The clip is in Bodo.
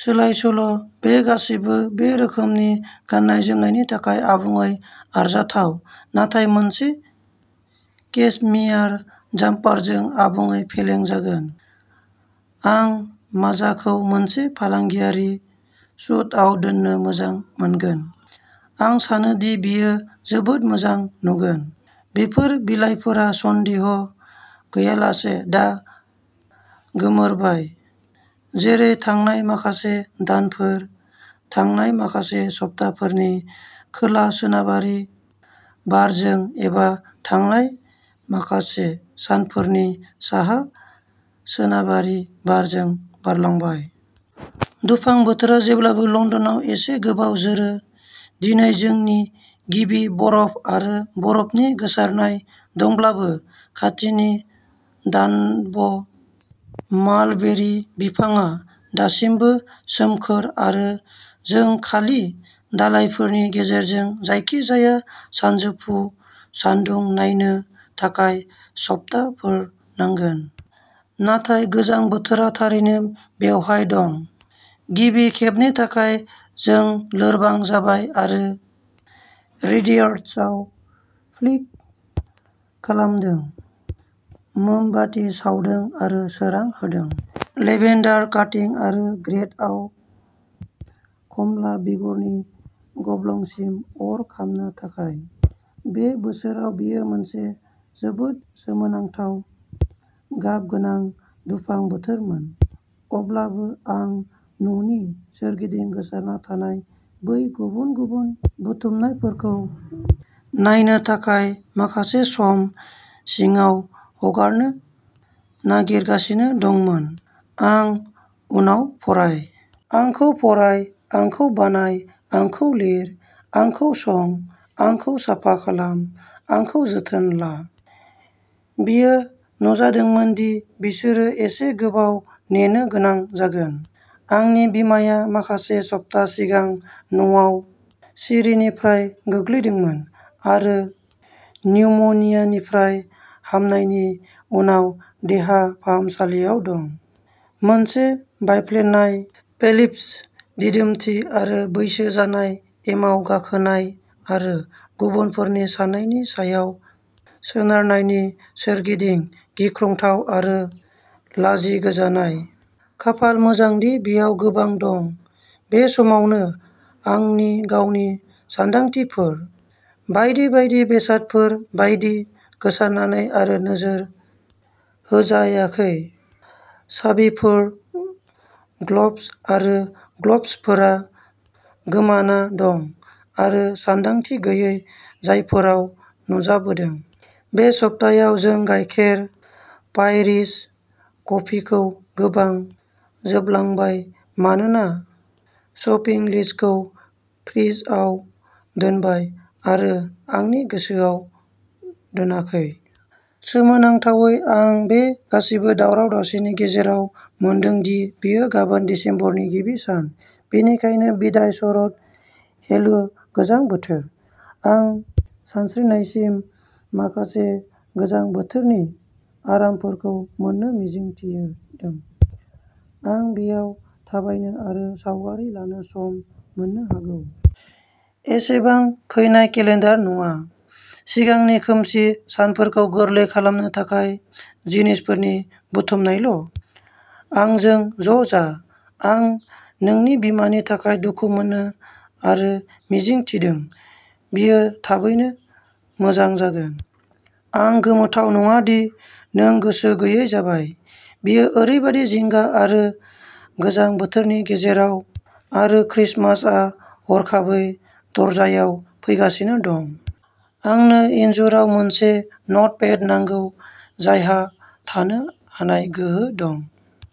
"सोलायसोल"। बे गासैबो बे रोखोमनि गाननाय-जोमनायनि थाखाय आबुङै आरजाथाव। नाथाय मोनसे केसमियार जाम्पारजों आबुङै फेलें जागोन! आं माजाखौ मोनसे फालांगियारि सुटआव दोननो मोजां मोनगोन, आं सानो दि बेयो जोबोद मोजां नुगोन। बेफोर बिलाइफोरा सन्देह गैयालासे दा गोमोरबाय, जेरै थांनाय माखासे दानफोर, थांनाय माखासे सप्ताफोरनि खोला-सोनाबारि बारजों एबा थांनाय माखासे सानफोरनि साहा-सोनाबारि बारजों बारलांबाय। दुफां बोथोरा जेब्लाबो लन्दनाव एसे गोबाव जोरो। दिनै जोंनि गिबि बरफ आरो बरफनि गोसारनाय दंब्लाबो, खाथिनि दानब मालबेरि बिफांआ दासिमबो सोमखोर आरो जों खालि दालाइफोरनि गेजेरजों जायखिजाया सानजौफु सानदुं नायनो थाखाय सप्ताहफोर नांगोन। नाथाय गोजां बोथोरा थारैनो बेवहाय दं। गिबि खेबनि थाखाय जों लोरबां जाबाय आरो रेडिएटर्सआव फ्लिक खालामदों, मोमबाति सावदों आरो सोरां होदों। लेभेन्डार काटिं आरो ग्रेतआव खमला बिगुरनि गब्लंसिम अर खामनो थाखाय। बे बोसोराव बेयो मोनसे जोबोद सोमोनांथाव, गाबगोनां दुफां बोथोरमोन, अब्लाबो आं न'नि सोरगिदिं गोसारना थानाय बै गुबुन-गुबुन बुथुमनायफोरखौ नायनो थाखाय माखासे सम न'सिङाव हगारनो नागिरगासिनो दंमोन, "आं उनाव फराय! आंखौ फराय। आंखौ बानाय। आंखौ लिर। आंखौ सं। आंखौ साफा खालाम। आंखौ जोथोन ला।" बेयो नुजादोंमोन दि बिसोरो एसे गोबाव नेनो गोनां जागोन। आंनि बिमाया माखासे सप्ता सिगां न'आव सिरिनिफ्राय गोग्लैदोंमोन आरो निउम'नियानिफ्राय हामनायनि उनाव देहा फाहामसालियाव दं, मोनसे बायफ्लेनाय पेल्भिस, दिदोमथि आरो बैसो जानाय, एमाव गाखोनाय आरो गुबुनफोरनि साननायनि सायाव सोनारनायनि सोरगिदिं गिख्रंथाव आरो लाजिगोजानाय। खाफाल मोजां दि बेयाव गोबां दं। बे समावनो, आंनि गावनि सानदांथिफोर, बायदि बायदि बेसादफोर बायदि, गोसारनानै आरो नोजोर होजायाखै। साबिफोर ग्लब्स आरो ग्लब्सफोरा गोमाना दं आरो सानदांथि गैयै जायगाफोराव नुजाबोदों। बे सप्तायाव जों गाइखेर, पायरिज, कफिखौ गोबां जोबलांबाय मानोना शपिं लिस्टखौ फ्रिजआव दोनबाय आरो आंनि गोसोआव दोनाखै। सोमोनांथावै, आं बे गासिबो दावराव-दावसिनि गेजेराव मोनदों दि बेयो गाबोन दिसेम्बरनि गिबि सान। बेनिखायनो बिदाइ शरद, हेलो गोजां बोथोर। आं सानस्रिनायसिम माखासे गोजां बोथोरनि आरामफोरखौ मोन्नो मिजिं थिदों। आं बेयाव थाबायनो आरो सावगारि लानो सम मोननो हागौ। एसेबां फैनाय केलेन्डार नङा, सिगांनि खोमसि सानफोरखौ गोरलै खालामनो थाखाय जिनिसफोरनि बुथुमनायल'। आंजों ज'जा। आं नोंनि बिमानि थाखाय दुखु मोनो आरो मिजिं थिदों बियो थाबैनो मोजां जागोन। आं गोमोथाव नङा दि नों गोसो गैयै जाबाय, बेयो ओरैबादि जिंगा आरो गोजां बोथोरनि गेजेराव आरो क्रिसमासआ हरखाबै दरजायाव फैगासिनो दं। आंनो इन्जुराव मोनसे नटपेड नांगौ जायहा थानो हानाय गोहो दं।